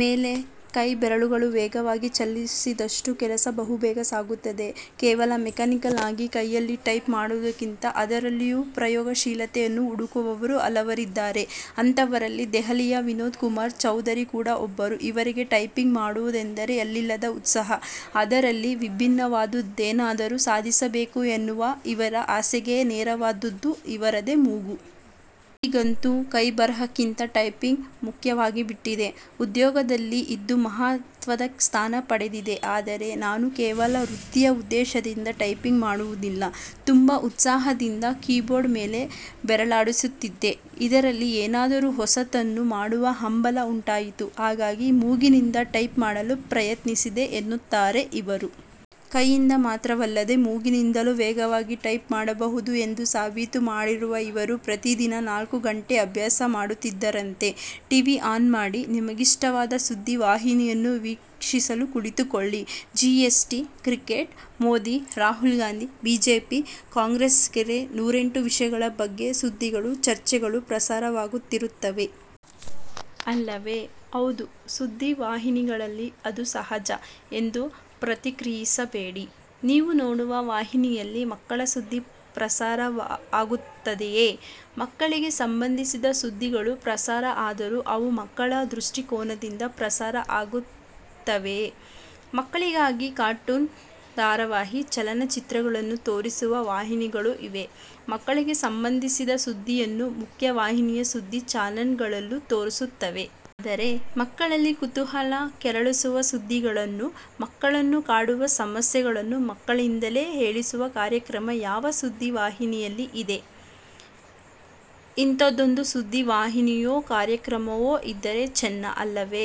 ಮೇಲೆ ಕೈ ಬೆರಳುಗಳು ವೇಗವಾಗಿ ಚಲಿಸಿದಷ್ಟು ಕೆಲಸ ಬಹುಬೇಗ ಸಾಗುತ್ತದೆ. ಕೇವಲ ಮೆಕಾನಿಕಲ್ ಆಗಿ ಕೈಯಲ್ಲಿ ಟೈಪ್ ಮಾಡುವುದಕ್ಕಿಂತ ಅದರಲ್ಲಿಯೂ ಪ್ರಯೋಗಶೀಲತೆಯನ್ನು ಹುಡುಕುವವರು ಹಲವರಿದ್ದಾರೆ. ಅಂತವರಲ್ಲಿ ದೆಹಲಿಯ ವಿನೋದ್ ಕುಮಾರ್ ಚೌಧರಿ ಕೂಡ ಒಬ್ಬರು. ಇವರಿಗೆ ಟೈಪಿಂಗ್ ಮಾಡುವುದೆಂದರೆ ಎಲ್ಲಿಲ್ಲದ ಉತ್ಸಾಹ. ಅದರಲ್ಲಿ ವಿಭಿನ್ನವಾದುದ್ದೇನಾದರೂ ಸಾಧಿಸಬೇಕು ಎನ್ನುವ ಇವರ ಆಸೆಗೆ ನೆರವಾದ್ದದ್ದು ಇವರದೇ ಮೂಗು. 'ಈಗಂತೂ ಕೈಬರಹಕ್ಕಿಂತ ಟೈಪಿಂಗ್ ಮುಖ್ಯವಾಗಿಬಿಟ್ಟಿದೆ. ಉದ್ಯೋಗದಲ್ಲಿ ಇದು ಮಹತ್ವದ ಸ್ಥಾನ ಪಡೆದಿದೆ. ಆದರೆ ನಾನು ಕೇವಲ ವೃತ್ತಿಯ ಉದ್ದೇಶದಿಂದ ಟೈಪಿಂಗ್ ಮಾಡುವುದಿಲ್ಲ. ತುಂಬಾ ಉತ್ಸಾಹದಿಂದ ಕೀಬೋರ್ಡ್ ಮೇಲೆ ಬೆರಳಾಡಿಸುತ್ತಿದ್ದೆ. ಇದರಲ್ಲಿ ಏನಾದರೂ ಹೊಸತನ್ನು ಮಾಡುವ ಹಂಬಲ ಉಂಟಾಯಿತು. ಹಾಗಾಗಿ ಮೂಗಿನಿಂದ ಟೈಪ್ ಮಾಡಲು ಪ್ರಯತ್ನಿಸಿದೆ' ಎನ್ನುತ್ತಾರೆ ಇವರು. ಕೈಯಿಂದ ಮಾತ್ರವಲ್ಲದೇ ಮೂಗಿನಿಂದಲೂ ವೇಗವಾಗಿ ಟೈಪ್ ಮಾಡಬಹುದು ಎಂದು ಸಾಬೀತು ಮಾಡಿರುವ ಇವರು ಪ್ರತಿದಿನ ನಾಲ್ಕು ಗಂಟೆ ಅಭ್ಯಾಸ ಮಾಡುತ್ತಿದ್ದರಂತೆ. ಟಿ. ವಿ. ಆನ್ ಮಾಡಿ. ನಿಮಗಿಷ್ಟವಾದ ಸುದ್ದಿ ವಾಹಿನಿಯನ್ನು ವೀಕ್ಷಿಸಲು ಕುಳಿತುಕೊಳ್ಳಿ. GST, cricket, Modi, Rahul Gandhi, BJP, ಕಾಂಗ್ರೆಸ್ಹೀಗೆ ನೂರೆಂಟು ವಿಷಯಗಳ ಬಗ್ಗೆ ಸುದ್ದಿಗಳು, ಚರ್ಚೆಗಳು ಪ್ರಸಾರವಾಗುತ್ತಿರುತ್ತವೆ. ಅಲ್ಲವೇ? 'ಹೌದು, ಸುದ್ದಿ ವಾಹಿನಿಗಳಲ್ಲಿ ಅದು ಸಹಜ' ಎಂದು ಪ್ರತಿಕ್ರಿಯಿಸಬೇಡಿ. ನೀವು ನೋಡುವ ವಾಹಿನಿಯಲ್ಲಿ ಮಕ್ಕಳ ಸುದ್ದಿ ಪ್ರಸಾರ ಆಗುತ್ತದೆಯೇ? ಮಕ್ಕಳಿಗೆ ಸಂಬಂಧಿಸಿದ ಸುದ್ದಿಗಳು ಪ್ರಸಾರ ಆದರೂ, ಅವು ಮಕ್ಕಳ ದೃಷ್ಟಿಕೋನದಿಂದ ಪ್ರಸಾರ ಆಗುತ್ತವೆಯೇ? ಮಕ್ಕಳಿಗಾಗಿ ಕಾರ್ಟೂನ್ ಧಾರಾವಾಹಿ, ಚಲನಚಿತ್ರಗಳನ್ನು ತೋರಿಸುವ ವಾಹಿನಿಗಳು ಇವೆ. ಮಕ್ಕಳಿಗೆ ಸಂಬಂಧಿಸಿದ ಸುದ್ದಿಯನ್ನು ಮುಖ್ಯವಾಹಿನಿಯ ಸುದ್ದಿ ಚಾನೆಲ್ಗಳೂ ತೋರಿಸುತ್ತವೆ. ಆದರೆ, ಮಕ್ಕಳಲ್ಲಿ ಕುತೂಹಲ ಕೆರಳಿಸುವ ಸುದ್ದಿಗಳನ್ನು, ಮಕ್ಕಳನ್ನು ಕಾಡುವ ಸಮಸ್ಯೆಗಳನ್ನು ಮಕ್ಕಳಿಂದಲೇ ಹೇಳಿಸುವ ಕಾರ್ಯಕ್ರಮ ಯಾವ ಸುದ್ದಿವಾಹಿನಿಯಲ್ಲಿ ಇದೆ? ಇಂಥದ್ದೊಂದು ಸುದ್ದಿ ವಾಹಿನಿಯೋ ಕಾರ್ಯಕ್ರಮವೋ ಇದ್ದರೆ ಚೆನ್ನ, ಅಲ್ಲವೇ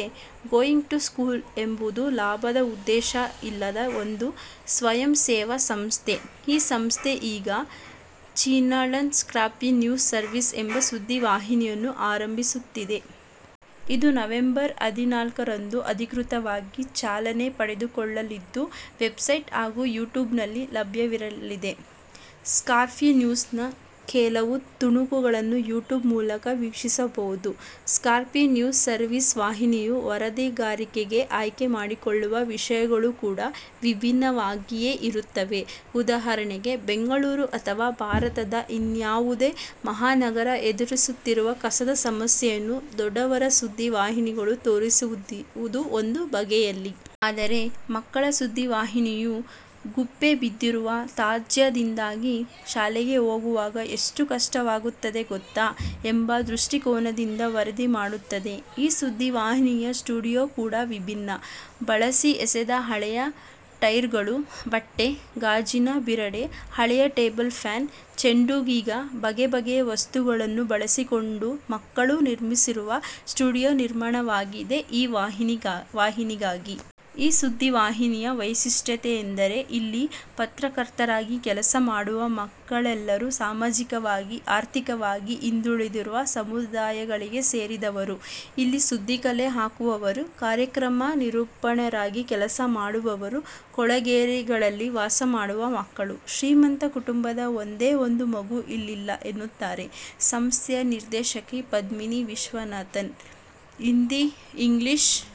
'ಗೋಯಿಂಗ್ ಟು ಸ್ಕೂಲ್' ಎಂಬುದು ಲಾಭದ ಉದ್ದೇಶ ಇಲ್ಲದ ಒಂದು ಸ್ವಯಂಸೇವಾ ಸಂಸ್ಥೆ. ಈ ಸಂಸ್ಥೆ ಈಗ 'ಚಿಲ್ಡ್ರನ್ಸ್ ಸ್ಕ್ರ್ಯಾಪಿ ನ್ಯೂಸ್ ಸರ್ವಿಸ್' ಎಂಬ ಸುದ್ದಿ ವಾಹಿನಿಯನ್ನು ಆರಂಭಿಸುತ್ತಿದೆ. ಇದು ನವೆಂಬರ್ ಹದಿನಾಲ್ಕರಂದು ಅಧಿಕೃತವಾಗಿ ಚಾಲನೆ ಪಡೆದುಕೊಳ್ಳಲಿದ್ದು ವೆಬ್ಸೈಟ್ ಹಾಗೂ ಯೂಟ್ಯೂಬ್ನಲ್ಲಿ ಲಭ್ಯವಿರಲಿದೆ. 'ಸ್ಕ್ರ್ಯಾಪಿ ನ್ಯೂಸ್'ನ ಕೆಲವು ತುಣುಕುಗಳನ್ನು ಯೂಟ್ಯೂಬ್ ಮೂಲಕ ವೀಕ್ಷಿಸಬಹುದು ಸ್ಕ್ರ್ಯಾಪಿ ನ್ಯೂಸ್ ಸರ್ವಿಸ್ ವಾಹಿನಿಯು ವರದಿಗಾರಿಕೆಗೆ ಆಯ್ಕೆ ಮಾಡಿಕೊಳ್ಳುವ ವಿಷಯಗಳು ಕೂಡ ವಿಭಿನ್ನವಾಗಿಯೇ ಇರುತ್ತವೆ. ಉದಾಹರಣೆಗೆ ಬೆಂಗಳೂರು ಅಥವಾ ಭಾರತದ ಇನ್ಯಾವುದೇ ಮಹಾನಗರ ಎದುರಿಸುತ್ತಿರುವ ಕಸದ ಸಮಸ್ಯೆಯನ್ನು ದೊಡ್ಡವರ ಸುದ್ದಿ ವಾಹಿನಿಗಳು ತೋರಿಸುವುದು ಒಂದು ಬಗೆಯಲ್ಲಿ. ಆದರೆ, ಮಕ್ಕಳ ಸುದ್ದಿವಾಹಿನಿಯು, 'ಗುಪ್ಪೆ ಬಿದ್ದಿರುವ ತ್ಯಾಜ್ಯದಿಂದಾಗಿ ಶಾಲೆಗೆ ಹೋಗುವಾಗ ಎಷ್ಟು ಕಷ್ಟವಾಗುತ್ತದೆ ಗೊತ್ತಾ' ಎಂಬ ದೃಷ್ಟಿಕೋನದಿಂದ ವರದಿ ಮಾಡುತ್ತದೆ. ಈ ಸುದ್ದಿ ವಾಹಿನಿಯ ಸ್ಟುಡಿಯೋ ಕೂಡ ವಿಭಿನ್ನ. ಬಳಸಿ ಎಸೆದ ಹಳೆಯ ಟೈರ್ಗಳು, ಬಟ್ಟೆ, ಗಾಜಿನ ಬಿರಡೆ, ಹಳೆಯ ಟೇಬಲ್ ಫ್ಯಾನ್, ಚೆಂಡುಹೀಗೆ ಬಗೆ ಬಗೆಯ ವಸ್ತುಗಳನ್ನು ಬಳಸಿಕೊಂಡು ಮಕ್ಕಳೇ ನಿರ್ಮಿಸಿರುವ ಸ್ಟುಡಿಯೋ ನಿರ್ಮಾಣವಾಗಿದೆ ಈ ವಾಹಿನಿಗಾಗಿ. ಈ ಸುದ್ದಿ ವಾಹಿನಿಯ ವೈಶಿಷ್ಟ್ಯ ಎಂದರೆ, ಇಲ್ಲಿ ಪತ್ರಕರ್ತರಾಗಿ ಕೆಲಸ ಮಾಡುವ ಮಕ್ಕಳೆಲ್ಲರೂ ಸಾಮಾಜಿಕವಾಗಿ, ಆರ್ಥಿಕವಾಗಿ ಹಿಂದುಳಿದಿರುವ ಸಮುದಾಯಗಳಿಗೆ ಸೇರಿದವರು. 'ಇಲ್ಲಿ ಸುದ್ದಿ ಕಲೆ ಹಾಕುವವರು, ಕಾರ್ಯಕ್ರಮ ನಿರೂಪಕರಾಗಿ ಕೆಲಸ ಮಾಡುವವರು ಕೊಳೆಗೇರಿಗಳಲ್ಲಿ ವಾಸ ಮಾಡುವ ಮಕ್ಕಳು. ಶ್ರೀಮಂತ ಕುಟುಂಬದ ಒಂದೇ ಒಂದು ಮಗು ಇಲ್ಲಿಲ್ಲ' ಎನ್ನುತ್ತಾರೆ ಸಂಸ್ಥೆಯ ನಿರ್ದೇಶಕಿ ಪದ್ಮಿನಿ ವಿದ್ಯಾನಾಥನ್. 'ಹಿಂದಿ, ಇಂಗ್ಲಿಷ್